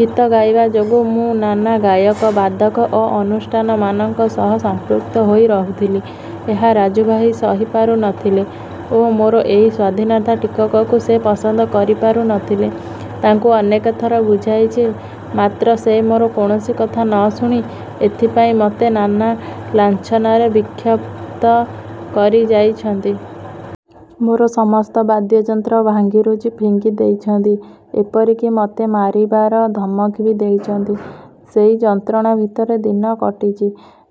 ଗୀତ ଗାଇବା ଯୋଗୁଁ ମୁଁ ନାନା ଗାୟକ, ବାଦକ ଓ ଅନୁଷ୍ଠାନମାନଙ୍କ ସହ ସଂପୃକ୍ତ ହୋଇ ରହୁଥିଲି। ଏହା ରାଜୁଭାଇ ସହିପାରୁ ନଥିଲେ ଓ ମୋର ଏଇ ସ୍ଵାଧୀନତା ଟିକକକୁ ସେ ପସନ୍ଦ କରିପାରୁ ନଥିଲେ। ତାଙ୍କୁ ଅନେକଥର ବୁଝାଇଚି, ମାତ୍ର ସେ ମୋର କୌଣସି କଥା ନଶୁଣି ଏଥିପାଇଁ ମତେ ନାନା ଲାଞ୍ଛନାର ବିକ୍ଷପ୍ତ କରିଯାଇଛନ୍ତି। ମୋର ସମସ୍ତ ବାଦ୍ୟଯନ୍ତ୍ର ଭାଙ୍ଗିରୁଜି ଫିଙ୍ଗି ଦେଇଛନ୍ତି, ଏପରିକି ମତେ ମାରିବାର ଧମକ ବି ଦେଇଚନ୍ତି। ସେଇ ଯନ୍ତ୍ରଣା ଭିତରେ ଦିନ କଟିଚି।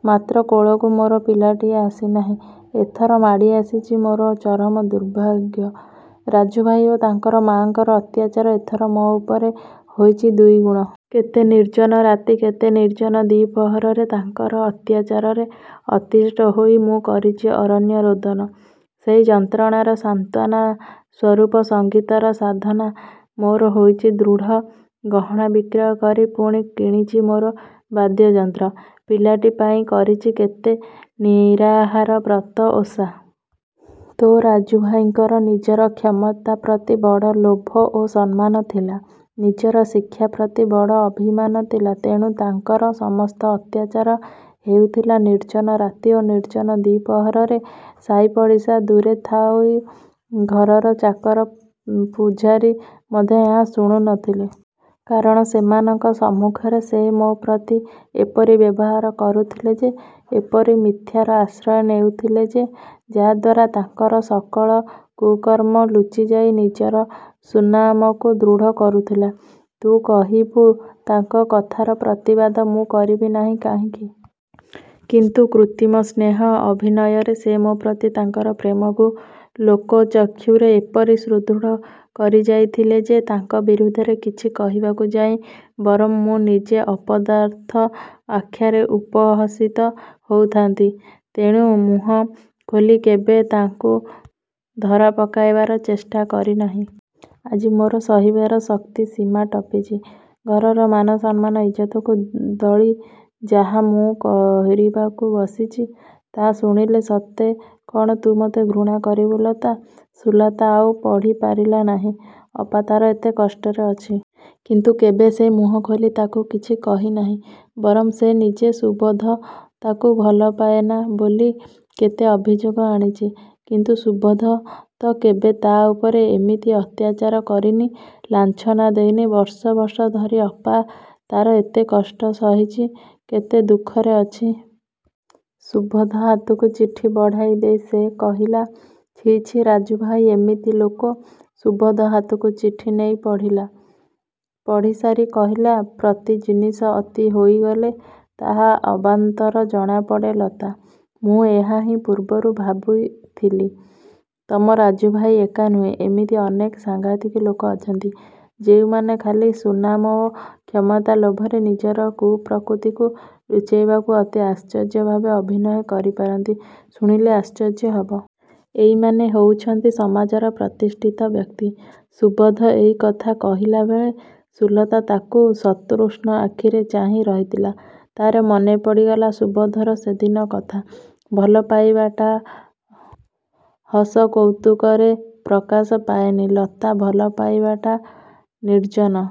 ମାତ୍ର କୋଳକୁ ମୋର ପିଲାଟିଏ ଆସିନାହିଁ। ଏଥର ମାଡ଼ି ଆସିଚି ମୋର ଚରମ ଦୁର୍ଭାଗ୍ୟ। ରାଜୁଭାଇ ଓ ତାଙ୍କର ମା'ଙ୍କର ଅତ୍ୟାଚାର ଏଥର ମୋ ଉପରେ ହୋଇଚି ଦୁଇଗୁଣ। କେତେ ନିର୍ଜନ ରାତି, କେତେ ନିର୍ଜନ ଦ୍ଵିପ୍ରହରରେ ତାଙ୍କର ଅତ୍ୟାଚାରରେ ଅତିଷ୍ଠ ହୋଇ ମୁଁ କରିଛି ଅରଣ୍ୟ ରୋଦନ। ସେଇ ଯନ୍ତ୍ରଣାର ସାନ୍ତ୍ୱନା ସ୍ୱରୂପ ସଙ୍ଗୀତର ସାଧନା ମୋର ହୋଇଚି ଦୃଢ଼। ଗହଣା ବିକ୍ରୟ କରି ପୁଣି କିଣିଚି ମୋର ବାଦ୍ୟଯନ୍ତ୍ର। ପିଲାଟି ପାଇଁ କରିଚି କେତେ ନିରାହାର ବ୍ରତ ଓଷା। ତୋ' ରାଜୁଭାଇଙ୍କର ନିଜର କ୍ଷମତା ପ୍ରତି ବଡ଼ ଲୋଭ ଓ ସମ୍ମାନ ଥିଲା। ନିଜର ଶିକ୍ଷାପ୍ରତି ବଡ଼ ଅଭିମାନ ଥିଲା, ତେଣୁ ତାଙ୍କର ସମସ୍ତ ଅତ୍ୟାଚାର ହେଉଥିଲା ନିର୍ଜନ ରାତି ଓ ନିର୍ଜନ ଦ୍ଵିପ୍ରହରରେ। ସାଇପଡ଼ିଶା ଦୂରେ ଥାଉ ଘରର ଚାକର ପୂଝାରୀ ମଧ୍ୟ ଶୁଣୁ ନଥିଲେ। କାରଣ ସେମାନଙ୍କ ସମ୍ମୁଖରେ ସେ ମୋ ପ୍ରତି ଏପରି ବ୍ୟବହାର କରୁଥିଲେ ଯେ, ଏପରି ମିଥ୍ୟାର ଆଶ୍ରୟ ନେଉଥିଲେ ଯେ, ଯା' ଦ୍ଵାରା ତାଙ୍କର ସକଳ କୁକର୍ମ ଲୁଚିଯାଇ, ନିଜର ସୁନାମକୁ ଦୃଢ଼ କରୁଥିଲା। ତୁ କହିବୁ, ତାଙ୍କ କଥାର ପ୍ରତିବାଦ ମୁଁ କରିବି ନାହିଁ କାହିଁକି? କିନ୍ତୁ କୃତ୍ରିମ ସ୍ନେହ ଅଭିନୟରେ ସେ ମୋ' ପ୍ରତି ତାଙ୍କର ପ୍ରେମକୁ ଲୋକଚକ୍ଷୁରେ ଏପରି ସୁଦୃଢ଼ କରିଯାଇଥିଲେ ଯେ ତାଙ୍କ ବିରୁଦ୍ଧରେ କିଛି କହିବାକୁ ଯାଇ ବରଂ ମୁଁ ନିଜେ ଅପଦାର୍ଥ ଆଖ୍ୟାରେ ଉପହସିତ ହୋଉଥାନ୍ତି। ତେଣୁ ମୁହଁ ଖୋଲି କେବେ ତାଙ୍କୁ ଧରାପକାଇବାର ଚେଷ୍ଟା କରି ନାହିଁ। ଆଜି ମୋର ସହିବାର ଶକ୍ତି ସୀମା ଟପିଚି। ଘରର ମାନସମ୍ମାନ ଇଜ୍ଜତକୁ ଦଳି ଯାହା ମୁଁ କରିବାକୁ ବସିଚି, ତା ଶୁଣିଲେ ସତେ କ'ଣ ତୁ ମତେ ଘୃଣା କରିବୁ ଲତା?" ସୁଲତା ଆଉ ପଢ଼ି ପାରିଲା ନାହିଁ। ଅପା ତାର ଏତେ କଷ୍ଟରେ ଅଛି? କିନ୍ତୁ କେବେ ସେ ମୁହଁଖୋଲି ତାକୁ କିଛି କହିନାହିଁ। ବରଂ ସେ ନିଜେ ସୁବୋଧ ତାକୁ ଭଲପାଏନା ବୋଲି କେତେ ଅଭିଯୋଗ ଆଣିଚି। କିନ୍ତୁ ସୁବୋଧ ତ କେବେ ତା' ଉପରେ ଏମିତି ଅତ୍ୟାଚାର କରିନି, ଲାଞ୍ଛନା ଦେଇନି, ବର୍ଷ ବର୍ଷ ଧରି ଅପା ତାର ଏତେ କଷ୍ଟ ସହିଚି, କେତେ ଦୁଃଖରେ ଅଛି! ସୁବୋଧ ହାତକୁ ଚିଠି ବଢ଼ାଇ ଦେଇ ସେ କହିଲା, "ଛି, ଛି, ରାଜୁଭାଇ ଏମିତି ଲୋକ!"ସୁବୋଧ ହାତକୁ ଚିଠି ନେଇ ପଢ଼ିଲା। ପଢ଼ିସାରି କହିଲା, "ପ୍ରତି ଜିନିଷ ଅତି ହୋଇଗଲେ ତାହା ଅବାନ୍ତର ଜଣାପଡ଼େ ଲତା! ମୁଁ ଏହାହିଁ ପୂର୍ବରୁ ଭାବିଥିଲି। ତମ ରାଜୁଭାଇ ଏକା ନୁହେଁ, ଏମିତି ଅନେକ ସାଙ୍ଘାତିକ ଲୋକ ଅଛନ୍ତି, ଯେଉଁମାନେ ଖାଲି ସୁନାମ ଓ କ୍ଷମତା ଲୋଭରେ ନିଜର କୁପ୍ରକୃତିକୁ ଲୁଚାଇବାକୁ ଅତି ଆଶ୍ଚର୍ଯ୍ୟଭାବେ ଅଭିନୟ କରିପାରନ୍ତି, ଶୁଣିଲେ ଆଶ୍ଚର୍ଯ୍ୟ ହେବ। ଏଇମାନେ ହୋଉଛନ୍ତି ସମାଜର ପ୍ରତିଷ୍ଠିତ ବ୍ୟକ୍ତି।"ସୁବୋଧ ଏଇ କଥା କହିଲାବେଳେ ସୁଲତା ତାକୁ ସତୃଷ୍ଣ ଆଖିରେ ଚାହିଁ ରହିଥିଲା। ତାର ମନେ ପଡ଼ିଗଲା ସୁବୋଧର ସେଦିନ କଥା ଭଲପାଇବାଟା ହସ କୌତୁକରେ ପ୍ରକାଶ ପାଏନି ଲତା, ଭଲପାଇବାଟା ନିର୍ଜନ।